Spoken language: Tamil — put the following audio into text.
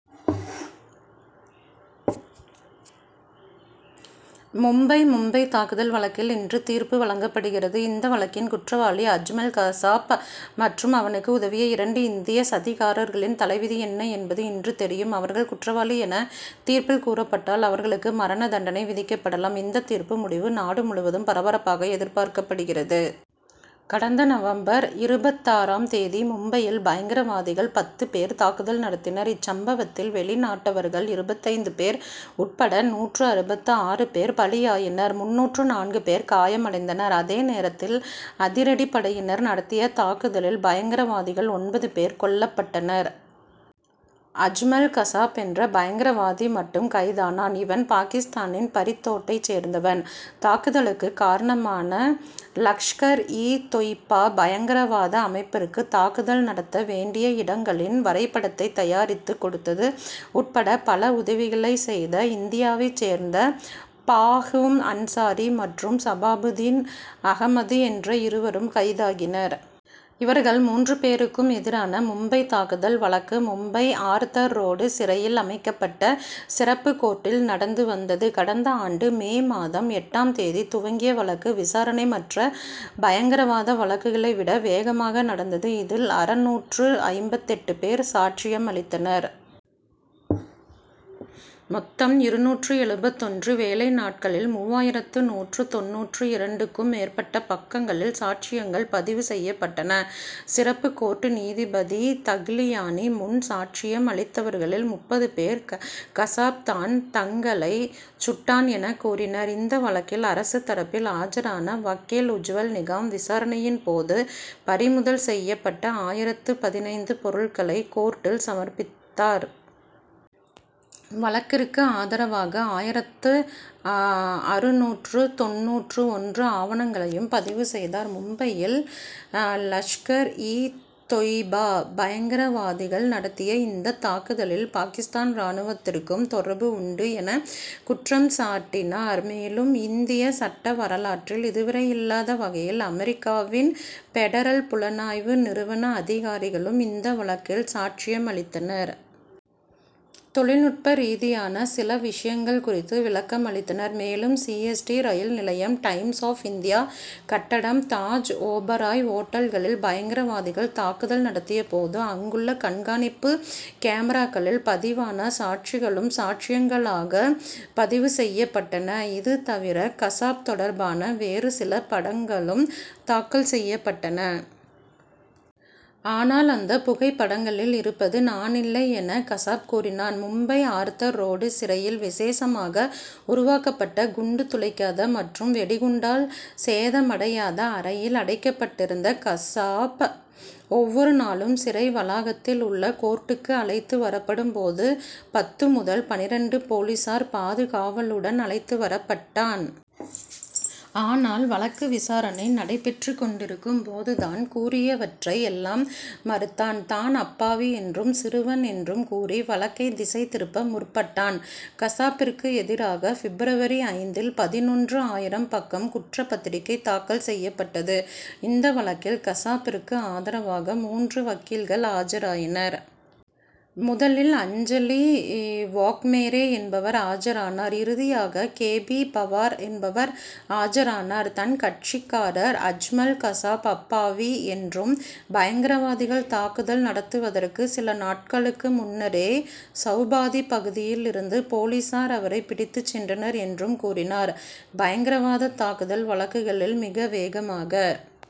மும்பை மும்பைத் தாக்குதல் வழக்கில் இன்று தீர்ப்பு வழங்கப்படுகிறது. இந்த வழக்கின் குற்றவாளி அஜ்மல் கசாப் மற்றும் அவனுக்கு உதவிய இரண்டு இந்திய சதிகாரர்களின் தலைவிதி என்ன என்பது இன்று தெரியும். அவர்கள் குற்றவாளி என தீர்ப்பில் கூறப்பட்டால் அவர்களுக்கு மரண தண்டனை விதிக்கப்படலாம். இந்தத் தீர்ப்பு முடிவு நாடு முழுவதும் பரபரப்பாக எதிர்பார்க்கப்படுகிறது. கடந்த நவம்பர் இருபத்தாறாம் தேதி மும்பையில் பயங்கரவாதிகள் பத்து பேர் தாக்குதல் நடத்தினர். இச்சம்பவத்தில் வெளிநாட்டவர்கள் இருபத்தைந்து பேர் உட்பட நூற்று அறுபத்து ஆறு பேர் பலியாயினர் முந்நூற்று நான்கு பேர் காயமடைந்தனர். அதே நேரத்தில் அதிரடிப்படையினர் நடத்திய தாக்குதலில் பயங்கரவாதிகள் ஒன்பது பேர் கொல்லப்பட்டனர். அஜ்மல் கசாப் என்ற பயங்கரவாதி மட்டும் கைதானான். இவன் பாகிஸ்தானின் பரித்கோட்டைச் சேர்ந்தவன். தாக்குதலுக்கு காரணமான லஷ்கர் இ தொய்பா பயங்கரவாத அமைப்பிற்கு தாக்குதல் நடத்த வேண்டிய இடங்களின் வரைபடத்தை தயாரித்து கொடுத்தது உட்பட பல உதவிகளைச் செய்த இந்தியாவைச் சேர்ந்த பாஹீம் அன்சாரி மற்றும் சபாபுதீன் அகமது என்ற இருவரும் கைதாகினர். இவர்கள் மூன்று பேருக்கும் எதிரான மும்பை தாக்குதல் வழக்கு மும்பை ஆர்தர் ரோடு சிறையில் அமைக்கப்பட்ட சிறப்பு கோர்ட்டில் நடந்து வந்தது. கடந்த ஆண்டு மே மாதம் எட்டாம் தேதி துவங்கிய வழக்கு விசாரணை மற்ற பயங்கரவாத வழக்குகளை விட வேகமாக நடந்தது. இதில் அறுநூற்று ஐம்பத்தெட்டு பேர் சாட்சியம் அளித்தனர். மொத்தம் இருநூற்று எழுபத்தொன்று வேலை நாட்களில் மூவாயிரத்து நூற்று தொண்ணூற்று இரண்டுக்கும் மேற்பட்ட பக்கங்களில் சாட்சியங்கள் பதிவு செய்யப்பட்டன. சிறப்பு கோர்ட் நீதிபதி தகிலியானி முன் சாட்சியம் அளித்தவர்களில் முப்பது பேர் கசாப் தான் தங்களை சுட்டான் என கூறினர். இந்த வழக்கில் அரசு தரப்பில் ஆஜரான வக்கீல் உஜ்வல் நிகாம் விசாரணையின் போது பறிமுதல் செய்யப்பட்ட ஆயிரத்து பதினைந்து பொருட்களை கோர்ட்டில் சமர்ப்பித்தார். வழக்கிற்கு ஆதரவாக ஆயிரத்து அறுநூற்று தொண்ணூற்று ஒன்று ஆவணங்களையும் பதிவு செய்தார். மும்பையில் லஷ்கர் இ தொய்பா பயங்கரவாதிகள் நடத்திய இந்த தாக்குதலில் பாகிஸ்தான் ராணுவத்திற்கும் தொடர்பு உண்டு என குற்றம் சாட்டினார். மேலும் இந்திய சட்ட வரலாற்றில் இதுவரை இல்லாத வகையில் அமெரிக்காவின் பெடரல் புலனாய்வு நிறுவன அதிகாரிகளும் இந்த வழக்கில் சாட்சியம் அளித்தனர். தொழில்நுட்ப ரீதியான சில விஷயங்கள் குறித்து விளக்கம் அளித்தனர். மேலும் சி. எஸ். டி. ரயில் நிலையம் டைம்ஸ் ஆப் இந்தியா கட்டடம் தாஜ் ஓபராய் ஓட்டல்களில் பயங்கரவாதிகள் தாக்குதல் நடத்திய போது அங்குள்ள கண்காணிப்பு கேமராக்களில் பதிவான காட்சிகளும் சாட்சியங்களாக பதிவு செய்யப்பட்டன. இது தவிர கசாப் தொடர்பான வேறு சில படங்களும் தாக்கல் செய்யப்பட்டன. ஆனால் அந்தப் புகைப்படங்களில் இருப்பது நானில்லை என கசாப் கூறினான். மும்பை ஆர்தர் ரோடு சிறையில் விசேஷமாக உருவாக்கப்பட்ட குண்டு துளைக்காத மற்றும் வெடிகுண்டால் சேதமடையாத அறையில் அடைக்கப்பட்டிருந்த கசாப் ஒவ்வொரு நாளும் சிறை வளாகத்தில் உள்ள கோர்ட்டிற்கு அழைத்து வரப்படும் போது பத்து முதல் பன்னிரண்டு போலீசார் பாதுகாவலுடன் அழைத்து வரப்பட்டான். ஆனால் வழக்கு விசாரணை நடைபெற்றுக் கொண்டிருக்கும் போது தான் கூறியவற்றை எல்லாம் மறுத்தான். தான் அப்பாவி என்றும் சிறுவன் என்றும் கூறி வழக்கை திசை திருப்ப முற்பட்டான். கசாப்பிற்கு எதிராக பிப்ரவரி ஐந்தில் பதினொன்று ஆயிரம் பக்கம் குற்றப் பத்திரிகை தாக்கல் செய்யப்பட்டது. இந்த வழக்கில் கசாப்பிற்கு ஆதரவாக மூன்று வக்கீல்கள் ஆஜராயினர். முதலில் அஞ்சலி வாக்மேரே என்பவர் ஆஜரானார். இறுதியாக கே. பி. பவார் என்பவர் ஆஜரானார். தன் கட்சிக்காரர் அஜ்மல் கசாப் அப்பாவி என்றும் பயங்கரவாதிகள் தாக்குதல் நடத்துவதற்கு சில நாட்களுக்கு முன்னரே சவுபாதி பகுதியில் இருந்து போலீசார் அவரை பிடித்துச் சென்றனர் என்றும் கூறினார். பயங்கரவாத தாக்குதல் வழக்குகளில் மிக வேகமாக